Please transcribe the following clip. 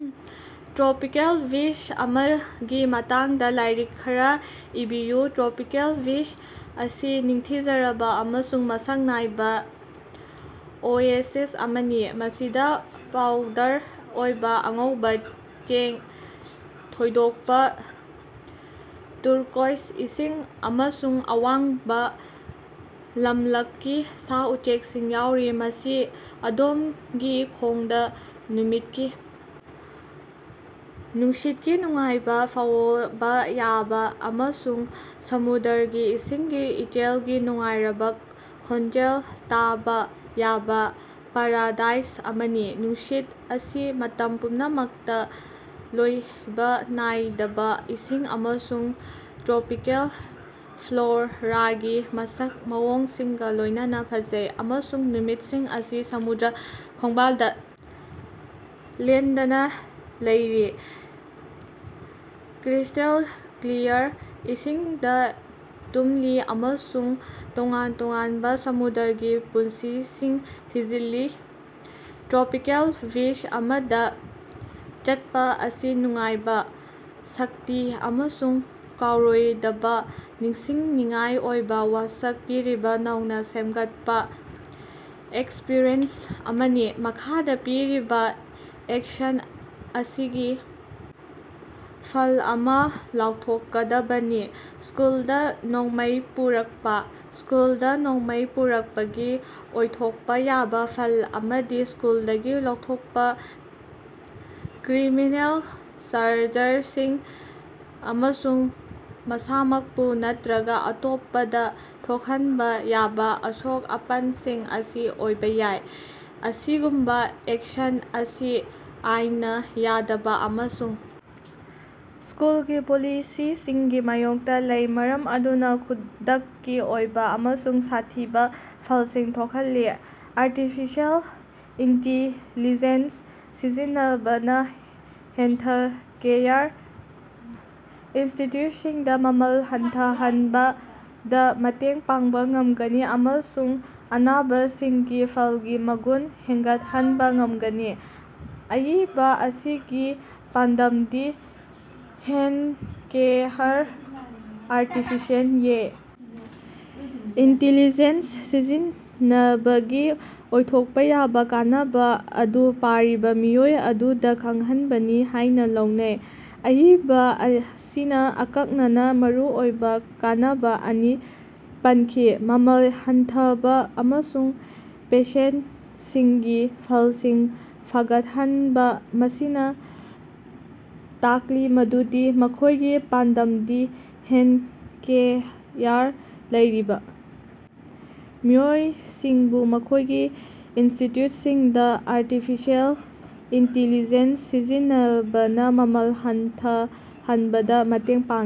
Tropical beach ꯑꯃꯒꯤ ꯃꯇꯥꯡꯗ ꯂꯥꯏꯔꯤꯛ ꯈꯔꯥ ꯏꯕꯤꯌꯨ꯫ ꯇ꯭ꯔꯣꯄꯤꯀꯦꯜ ꯕꯤꯆ ꯑꯁꯤ ꯅꯤꯡꯊꯤꯖꯔꯕ ꯑꯃꯁꯨꯡ ꯃꯁꯛ ꯅꯥꯏꯕ ꯑꯣꯌꯦꯁꯤꯁ ꯑꯃꯅꯤ, ꯃꯁꯤꯗ ꯄꯥꯎꯗꯔ ꯑꯣꯏꯕ ꯑꯉꯧꯕ ꯆꯦꯡ, ꯊꯣꯏꯗꯣꯛꯄ‌ ꯇꯨꯔꯀꯣꯏꯁ ꯏꯁꯤꯡ, ꯑꯃꯁꯨꯡ ꯑꯋꯥꯡꯕ ꯂꯝꯂꯛꯀꯤ ꯁꯥ-ꯎꯆꯦꯛꯁꯤꯡ ꯌꯥꯎꯔꯤ꯫ ꯃꯁꯤ ꯑꯗꯣꯝꯒꯤ ꯈꯣꯡꯗ ꯅꯨꯃꯤꯠꯀꯤ ꯅꯨꯡꯁꯤꯠꯀꯤ ꯅꯨꯡꯉꯥꯏꯕꯥ ꯐꯥꯑꯣꯕꯥ ꯌꯥꯕꯥ ꯑꯃꯁꯨꯡ ꯁꯃꯨꯗ꯭ꯔꯒꯤ ꯏꯁꯤꯡꯒꯤ ꯏꯆꯦꯜꯒꯤ ꯅꯨꯡꯉꯥꯏꯔꯕ ꯈꯣꯟꯖꯦꯜ ꯇꯥꯕ ꯌꯥꯕ ꯄꯥꯔꯥꯗꯥꯏꯁ ꯑꯃꯅꯤ꯫ ꯅꯨꯡꯁꯤꯠ ꯑꯁꯤ ꯃꯇꯝ ꯄꯨꯝꯅꯃꯛꯇ ꯂꯣꯏꯕ ꯅꯥꯏꯗꯕ ꯏꯁꯤꯡ ꯑꯃꯁꯨꯡ ꯇ꯭ꯔꯣꯄꯤꯀꯦꯜ ꯐ꯭ꯂꯣꯔꯥꯒꯤ ꯃꯁꯛ ꯃꯑꯣꯡꯁꯤꯡꯒ ꯂꯣꯏꯅꯅ ꯐꯖꯩ, ꯑꯃꯁꯨꯡ ꯅꯨꯃꯤꯠꯁꯤꯡ ꯑꯁꯤ ꯁꯃꯨꯗ꯭ꯔ ꯈꯣꯡꯕꯥꯜꯗ ꯂꯦꯡꯗꯅ ꯂꯩꯔꯤ, ꯀ꯭ꯔꯤꯁꯇꯦꯜ ꯀ꯭ꯂꯤꯌꯥꯔ ꯏꯁꯤꯡꯗ ꯇꯨꯝꯂꯤ ꯑꯃꯁꯨꯡ ꯇꯣꯉꯥꯟ ꯇꯣꯉꯥꯟꯕ ꯁꯃꯨꯗ꯭ꯔꯒꯤ ꯄꯨꯟꯁꯤꯁꯤꯡ ꯊꯤꯖꯤꯜꯂꯤ꯫ ꯇ꯭ꯔꯣꯄꯤꯀꯦꯜ ꯕꯤꯆ ꯑꯃꯗ ꯆꯠꯄ ꯑꯁꯤ ꯅꯨꯡꯉꯥꯏꯕ, ꯁꯥꯟꯇꯤ ꯑꯃꯁꯨꯡ ꯀꯥꯎꯔꯣꯏꯗꯕ ꯅꯤꯡꯁꯤꯡꯅꯤꯡꯉꯥꯏ ꯑꯣꯏꯕ ꯋꯥꯁꯛ ꯄꯤꯔꯤꯕ ꯅꯧꯅ ꯁꯦꯝꯒꯠꯄ ꯑꯦꯛꯁꯄ꯭ꯔꯤꯌꯦꯟꯁ ꯑꯃꯅꯤ꯫ ꯃꯈꯥꯗ ꯄꯤꯔꯤꯕ ꯑꯦꯛꯁꯟ ꯑꯁꯤꯒꯤ ꯐꯜ ꯑꯃ ꯂꯥꯎꯊꯣꯛꯀꯗꯕꯅꯤ꯫ ꯁ꯭ꯀꯨꯜꯗ ꯅꯣꯡꯃꯩ ꯄꯨꯔꯛꯄ꯫ ꯁ꯭ꯀꯨꯜꯗ ꯅꯣꯡꯃꯩ ꯄꯨꯔꯛꯄꯒꯤ ꯑꯣꯏꯊꯣꯛꯄ ꯌꯥꯕ ꯐꯜ ꯑꯃꯗꯤ ꯁ꯭ꯀꯨꯜꯗꯒꯤ ꯂꯧꯊꯣꯛꯄ, ꯀ꯭ꯔꯤꯃꯤꯅꯦꯜ ꯆꯥꯔꯖꯁꯤꯡ, ꯑꯃꯁꯨꯡ ꯃꯁꯥꯃꯛꯄꯨ ꯅꯠꯇꯔꯒ ꯑꯇꯣꯞꯄꯗ ꯊꯣꯛꯍꯟꯕ ꯌꯥꯕ ꯑꯁꯣꯛ-ꯑꯄꯟꯁꯤꯡ ꯑꯁꯤ ꯑꯣꯏꯕ ꯌꯥꯏ꯫ ꯑꯁꯤꯒꯨꯝꯕ ꯑꯦꯛꯁꯟ ꯑꯁꯤ ꯑꯥꯏꯟꯅ ꯌꯥꯗꯕ ꯑꯃꯁꯨꯡ ꯁ꯭ꯀꯨꯜꯒꯤ ꯄꯣꯂꯤꯁꯤꯁꯤꯡꯒꯤ ꯃꯥꯌꯣꯛꯇ ꯂꯩ, ꯃꯔꯝ ꯑꯗꯨꯅ ꯈꯨꯗꯛꯀꯤ ꯑꯣꯏꯕ ꯑꯃꯁꯨꯡ ꯁꯥꯊꯤꯕ ꯐꯜꯁꯤꯡ ꯊꯣꯛꯍꯜꯂꯤ꯫ ꯑꯥꯔꯇꯤꯐꯤꯁꯤꯑꯦꯜ ꯏꯟꯇꯤꯂꯤꯖꯦꯟꯁ ꯁꯤꯖꯤꯟꯅꯕꯅ ꯍꯦꯜꯊꯀꯦꯌꯔ ꯏꯟꯁꯇꯤꯇ꯭ꯌꯨꯁꯟꯁꯤꯡꯗ ꯃꯃꯜ ꯍꯟꯊꯍꯟꯕꯗ ꯃꯇꯦꯡ ꯄꯥꯡꯕ ꯉꯝꯒꯅꯤ ꯑꯃꯁꯨꯡ ꯑꯅꯥꯕꯁꯤꯡꯒꯤ ꯐꯜꯒꯤ ꯃꯒꯨꯟ ꯍꯦꯟꯒꯠꯍꯟꯕ ꯉꯝꯒꯅꯤ꯫ ꯑꯏꯕ ꯑꯁꯤꯒꯤ ꯄꯥꯟꯗꯝꯗꯤ ꯍꯦꯜꯊꯀꯦꯌꯔꯗ ꯑꯥꯔꯇꯤꯐꯤꯁꯤꯑꯦꯜ ꯏꯟꯇꯤꯂꯤꯖꯦꯟꯁ ꯁꯤꯖꯤꯟꯅꯕꯒꯤ ꯑꯣꯏꯊꯣꯛꯄ ꯌꯥꯕ ꯀꯥꯟꯅꯕ ꯑꯗꯨ ꯄꯥꯔꯤꯕ ꯃꯤꯑꯣꯏ ꯑꯗꯨꯗ ꯈꯪꯍꯟꯕꯅꯤ ꯍꯥꯥꯏꯅ ꯂꯧꯅꯩ꯫ ꯑꯏꯕ ꯑꯁꯤꯅ ꯑꯀꯛꯅꯅ ꯃꯔꯨꯑꯣꯏꯕ ꯀꯥꯟꯅꯕ ꯑꯅꯤ ꯄꯟꯈꯤ - ꯃꯃꯜ ꯍꯟꯊꯕ ꯑꯃꯁꯨꯡ ꯄꯦꯁꯦꯟꯠꯁꯤꯡꯒꯤ ꯐꯜꯁꯤꯡ ꯐꯒꯠꯍꯟꯕ, ꯃꯁꯤꯅ‌ ꯇꯥꯛꯂꯤ ꯃꯗꯨꯗꯤ ꯃꯈꯣꯏꯒꯤ ꯄꯥꯟꯗꯝꯗꯤ ꯍꯦꯜꯊꯀꯦꯌꯔꯗ ꯂꯩꯔꯤꯕ ꯃꯤꯑꯣꯏꯁꯤꯡꯕꯨ ꯃꯈꯣꯏꯒꯤ ꯏꯟꯁꯇꯤꯇ꯭ꯌꯨꯁꯟꯁꯤꯡꯗ ꯑꯥꯔꯇꯤꯐꯤꯁꯤꯑꯦꯜ ꯏꯟꯇꯤꯂꯤꯖꯦꯟꯁ ꯁꯤꯖꯤꯟꯅꯕꯅ ꯃꯃꯜ ꯍꯟꯊꯍꯟꯕꯗ ꯃꯇꯦꯡ ꯄꯥꯡꯉꯤ꯫